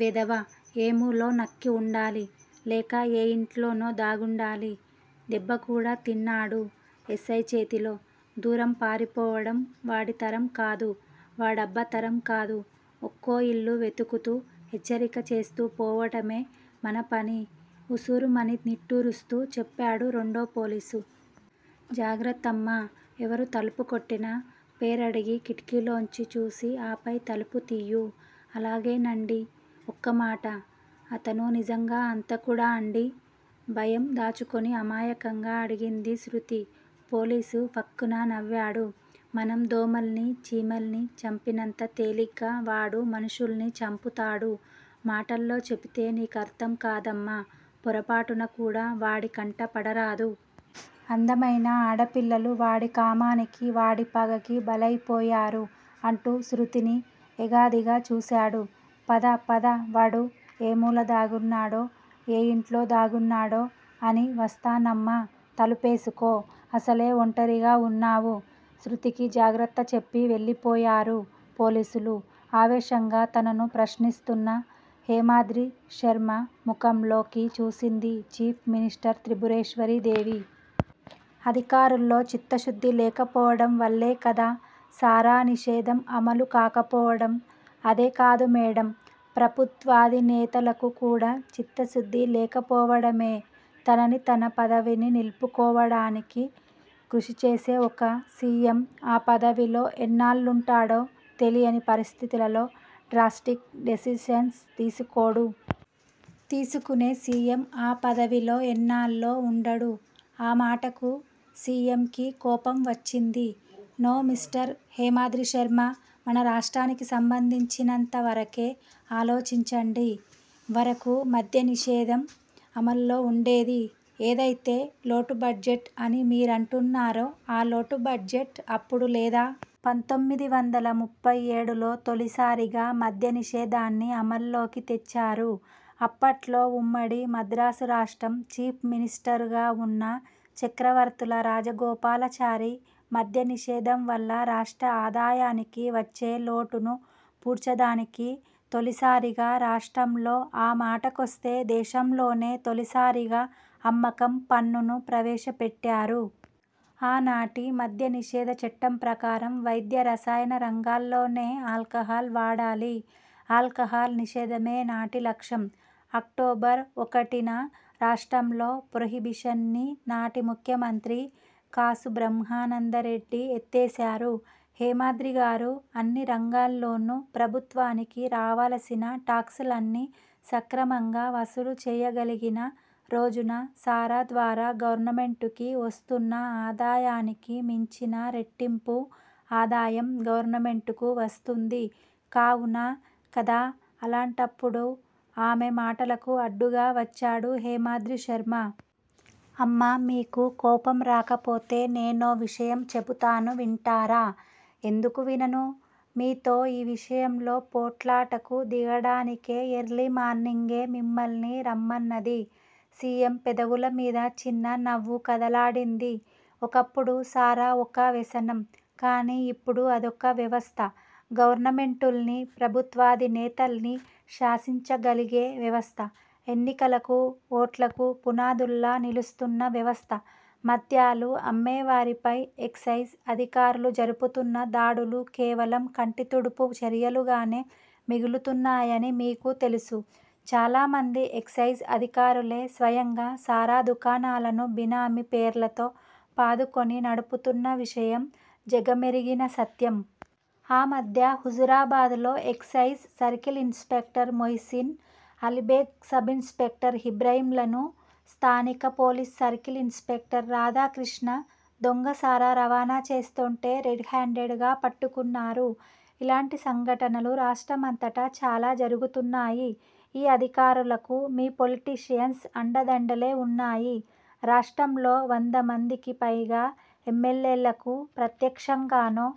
వెధవ ఏ మూలో నక్కి వుండాలి. లేక ఏ ఇంట్లోనో దాగుండాలి. దెబ్బకూడా తిన్నాడు ఎస్సై చేతిలో, దూరం పారిపోవడం వాడి తరంకాదు, వాడబ్బ తరం కాదు. ఒక్కో ఇల్లు వెతుకుతూ హెచ్చరిక చేస్తూ పోవడమే మన పని ఉసూరుమని నిట్టూరుస్తూ చెప్పాడు రెండో పోలీసు. జాగ్రత్తమ్మా! ఎవరు తలుపుకొట్టినా పేరడిగి కిటికీ లోంచి చూసి ఆపై తలుపు తియ్యి. అలాగేనండి. ఒక్కమాట అతను నిజంగా హంతకుడాండి? భయం దాచుకుని అమాయకంగా అడిగింది శృతి. పోలీసు ఫక్కున నవ్వాడు. మనం దోమల్ని చీమల్ని చంపినంత తేలిగ్గా వాడు మనుషుల్ని చంపుతాడు. మాటల్లో చెపితే నీకర్థం కాదమ్మా పోరపాటునకూడా వాడి కంట పడరాదు. అందమైన ఆడపిల్లలు వాడి కామానికి, వాడి పగకి బలయిపోయారు. అంటూ శృతిని ఎగాదిగా చూశాడు. పద పద, వాడు ఏమూల దాగున్నాడో, ఏ ఇంట్లో దాగున్నాడో అని వస్తామమ్మా తలుపేసుకో, అసలే ఒంటరిగా వున్నావు శ్రుతికి జాగ్రత్త చెప్పి వెళ్ళిపోయారు పోలీసులు. ఆవేశంగా తనను ప్రశ్నిస్తున్న హేమాద్రిశర్మ ముఖంలోకి చూసింది చీఫ్ మినిస్టర్ త్రిభువనేశ్వరీదేవి. అధికారుల్లో చిత్తశుద్ది లేకపోవడం వల్లేగదా సారా నిషేధం అమలు కాకపోవడం అదే కాదు మేడమ్ ప్రభుత్వాధినేతలకు కూడా చిత్తశుద్ది లేక పోవడమే తనని, తన పదవిని నిలుపుకోడానికి కృషి చేసే ఒక సి. ఎమ్. ఆ పదవిలో ఎన్నాళ్ళుంటాడో తెలియని పరిస్థితిలో డ్రాస్టిక్ డెసిషన్స్ తీసుకోడు. తీసుకునే సి. ఎమ్ ఆ పదవిలో ఎన్నాళ్ళో ఉండడు ఆ మాటకు సి. ఎమ్ కి కోపం వచ్చింది. నో మిస్టర్ హేమాద్రి శర్మ మన రాష్ట్రానికి సంబంధించినంత వరకే ఆలోచించండి వరకు మధ్యనిషేధం అమల్లో ఉండేది. ఏదయితే లోటుబడ్జెట్ అని మీరంటున్నారో, ఆ లోటు బడ్జెట్ అప్పుడు లేదా? పంతోమిది వందల ముప్పై ఏడు లో తొలిసారిగా మద్యనిషేధాన్ని అమల్లోకి తెచ్చారు. అప్పట్లో ఉమ్మడి మద్రాసు రాష్ట్రం చీఫ్ మినిస్టరుగా ఉన్న చక్రవర్తుల రాజగోపాలాచారి మధ్యనిషేధం వల్ల రాష్ట్ర ఆదాయానికి వచ్చే లోటును పూడ్చదానికి తొలిసారిగా రాష్ట్రంలో, ఆ మాటకొస్తే దేశంలోనే తొలిసారిగా అమ్మకం పన్ను ను ప్రవేశపెట్టారు. ఆనాటి మద్యనిషేధ చట్టం ప్రకారం వైద్య రసాయన రంగాల్లోనే ఆల్కహాల్ వాడాలి ఆల్కహాల్ నిషేధమే నాటి లక్ష్యం. అక్టోబర్ ఒకటీ న రాష్ట్రంలో ప్రొహిబిషన్ ని నాటి ముఖ్యమంత్రి కాసు బ్రహ్మానందరెడ్డి ఎత్తేసారు. హేమాద్రిగారూ అన్ని రంగాలలోనూ ప్రభుత్వానికి రావాల్సిన టాక్స్ లన్నీ సక్రమంగా వసూలు చేయగలిగిన రోజున సారా ద్వారా గవర్నమెంట్ కొస్తున్న ఆదాయానికి మించిన రెట్టింపు ఆదాయం గవర్నమెంట్ కు వస్తుంది అవునా కాదా అలాంటప్పుడు ఆమె మాటలకు అడ్డుగా వచ్చాడు హేమాద్రిశర్మ. అమ్మా! మీకు కోపం రాకపోతే నేనో విషయం చెపుతాను వింటారా? ఎందుకు వినను? మీతో ఈ విషయంలో పోట్లాటకు దిగడానికే ఎర్లీ మార్నింగే మిమ్మల్ని రమ్మన్నది సి. ఎమ్ పెదవుల మీద చిన్న నవ్వు కదలాడింది. ఒకప్పుడు సారా ఒక వ్యసనం కానీ ఇప్పుడు అదొక వ్యవస్థ గవర్నమెంటుల్ని, ప్రభుత్వాధినేతల్నీ శాసించగలిగే వ్యవస్థ ఎన్నికలకూ, ఓట్లకూ పునాదుల్లా నిలుస్తున్న వ్యవస్థ మద్యాలు అమ్మేవారిపై ఎక్సయిజ్ అధికారులు జరుపుతున్న దాడులు కేవలం కంటితుడుపు చర్యలుగానే మిగులుతున్నాయని మీకు తెలుసు- చాలామంది ఎక్సయిజ్ అధికారులే స్వయంగా సారా దుకాణాలను బినామీ పేర్లతో పాదుకొని నడుపుతున్న విషయం జగమెరిగిన సత్యం. ఆ మధ్య హుజురాబాద్ లో excise circle inspector Mohsin Ali Beg, sub inspector ఇబ్రాహీంలను, స్థానిక police circle inspector Radhakrishna దొంగ సారా రవాణా చేస్తుంటే రెడ్ హేండెడ్ గా పట్టుకున్నారు. ఇలాంటి సంఘటనలు రాష్ట్రమంతటా చాలా జరుగుతున్నాయి. ఈ అధికారులకు మీ పొలిటీషియన్స్ అండదండలే వున్నాయి. రాష్ట్రంలో వందమందికి పైగా ఎమ్మెల్యేలకు ప్రత్యక్షంగానో,